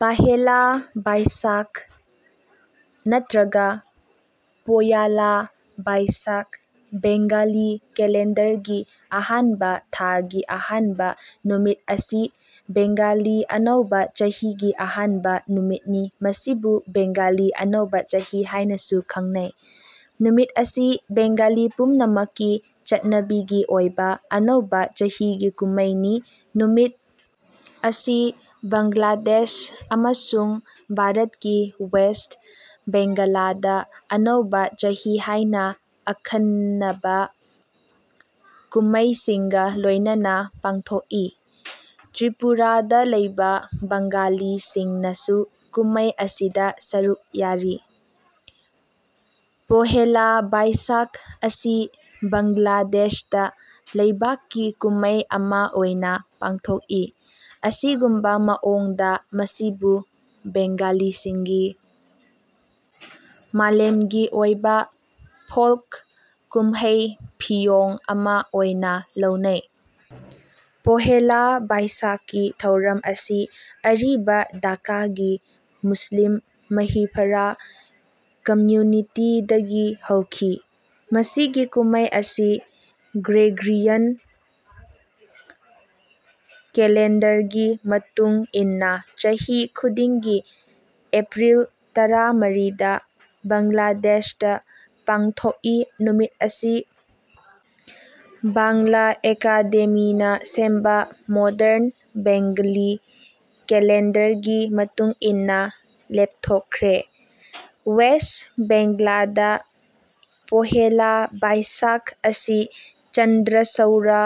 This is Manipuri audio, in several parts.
ꯄꯥꯍꯦꯂꯥ ꯕꯥꯏꯁꯥꯈ ꯅꯠꯇ꯭ꯔꯒ ꯄꯣꯌꯥꯂꯥ ꯕꯥꯏꯁꯥꯈ ꯕꯦꯡꯒꯥꯂꯤ ꯀꯦꯂꯦꯟꯗꯔꯒꯤ ꯑꯍꯥꯟꯕ ꯊꯥꯒꯤ ꯑꯍꯥꯟꯕꯥ ꯅꯨꯃꯤꯠ ꯑꯁꯤ ꯕꯦꯡꯒꯥꯂꯤ ꯑꯅꯧꯕ ꯆꯍꯤꯒꯤ ꯑꯍꯥꯟꯕ ꯅꯨꯃꯤꯠꯅꯤ ꯃꯁꯤꯕꯨ ꯕꯦꯡꯒꯥꯂꯤ ꯑꯅꯧꯕ ꯆꯍꯤ ꯍꯥꯏꯅꯥꯁꯨ ꯈꯪꯅꯩ꯫ ꯅꯨꯃꯤꯠ ꯑꯁꯤ ꯕꯦꯡꯒꯥꯂꯤ ꯄꯨꯝꯅꯃꯛꯀꯤ ꯆꯠꯅꯕꯤꯒꯤ ꯑꯣꯏꯕꯥ ꯑꯅꯧꯕ ꯆꯍꯤꯒꯤ ꯀꯨꯝꯃꯩꯅꯤ꯫ ꯅꯨꯃꯤꯠ ꯑꯁꯤ ꯕꯡꯒ꯭ꯂꯥꯗꯦꯁ ꯑꯃꯁꯨꯡ ꯚꯥꯔꯠꯀꯤ ꯋꯦꯁ꯭ꯠ ꯕꯦꯡꯒꯂꯥꯗꯥ ꯑꯅꯧꯕꯥ ꯆꯍꯤ ꯍꯥꯏꯅ ꯑꯈꯟꯅꯕꯥ ꯀꯨꯝꯃꯩꯁꯤꯡꯒꯥ ꯂꯣꯏꯅꯅ ꯄꯥꯡꯊꯣꯛꯏ꯫ ꯇ꯭ꯔꯤꯄꯨꯔꯥꯗꯥ ꯂꯩꯕꯥ ꯕꯡꯒꯥꯂꯤꯁꯤꯡꯅꯁꯨ ꯀꯨꯝꯃꯩ ꯑꯁꯤꯗꯥ ꯁꯔꯨꯛ ꯌꯥꯔꯤ꯫ ꯄꯣꯍꯦꯂꯥ ꯕꯥꯏꯁꯥꯈ ꯑꯁꯤ ꯕꯡꯒ꯭ꯂꯥꯗꯦꯁꯇꯥ ꯂꯩꯕꯥꯛꯀꯤ ꯀꯨꯝꯃꯩ ꯑꯃꯥ ꯑꯣꯏꯅ ꯄꯥꯡꯊꯣꯛꯏ꯫ ꯑꯁꯤꯒꯨꯝꯕꯥ ꯃꯑꯣꯡꯗꯥ ꯃꯁꯤꯕꯨ ꯕꯦꯡꯒꯥꯂꯤꯁꯤꯡꯒꯤ ꯃꯥꯂꯦꯝꯒꯤ ꯑꯣꯏꯕꯥ ꯐꯣꯜꯛ ꯀꯨꯝꯍꯩ ꯐꯤꯌꯣꯡ ꯑꯃꯥ ꯑꯣꯏꯅꯥ ꯂꯧꯅꯩ꯫ ꯄꯣꯍꯦꯂꯥ ꯕꯥꯏꯁꯥꯈꯀꯤ ꯊꯧꯔꯝ ꯑꯁꯤ ꯑꯔꯤꯕꯥ ꯙꯥꯀꯥꯒꯤ ꯃꯨꯁꯂꯤꯝ ꯃꯍꯤꯐꯔꯥ ꯀꯝꯃ꯭ꯌꯨꯅꯤꯇꯤꯗꯒꯤ ꯍꯧꯈꯤ꯫ ꯃꯁꯤꯒꯤ ꯀꯨꯝꯃꯩ ꯑꯁꯤ ꯒ꯭ꯔꯦꯒꯔꯤꯌꯟ ꯀꯦꯂꯦꯟꯗꯔꯒꯤ ꯃꯇꯨꯡ ꯏꯟꯅꯥ ꯆꯍꯤ ꯈꯨꯗꯤꯡꯒꯤ ꯑꯦꯄ꯭ꯔꯤꯜ ꯇꯔꯥꯃꯔꯤꯗ ꯕꯡꯒ꯭ꯂꯥꯗꯦꯁꯇ ꯄꯥꯡꯊꯣꯛꯏ ꯅꯨꯃꯤꯠ ꯑꯁꯤ ꯕꯥꯡꯂ ꯑꯦꯀꯥꯗꯦꯃꯤꯅꯥ ꯁꯦꯝꯕ ꯃꯣꯗꯔꯟ ꯕꯦꯡꯒꯂꯤ ꯀꯦꯂꯦꯟꯗꯔꯒꯤ ꯃꯇꯨꯡ ꯏꯟꯅꯥ ꯂꯦꯞꯊꯣꯛꯈ꯭ꯔꯦ꯫ ꯋꯦꯁ꯭ꯠ ꯕꯦꯡꯒ꯭ꯂꯥꯗꯥ ꯄꯣꯍꯦꯂꯥ ꯕꯥꯏꯁꯥꯈ ꯑꯁꯤ ꯆꯟꯗ꯭ꯔꯁꯧꯔ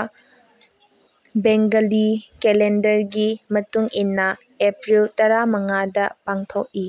ꯕꯦꯡꯒꯂꯤ ꯀꯦꯂꯦꯟꯗꯔꯒꯤ ꯃꯇꯨꯡ ꯏꯟꯅꯥ ꯑꯦꯄ꯭ꯔꯤꯜ ꯇꯔꯥꯃꯉꯥꯗꯥ ꯄꯥꯡꯊꯣꯛꯏ꯫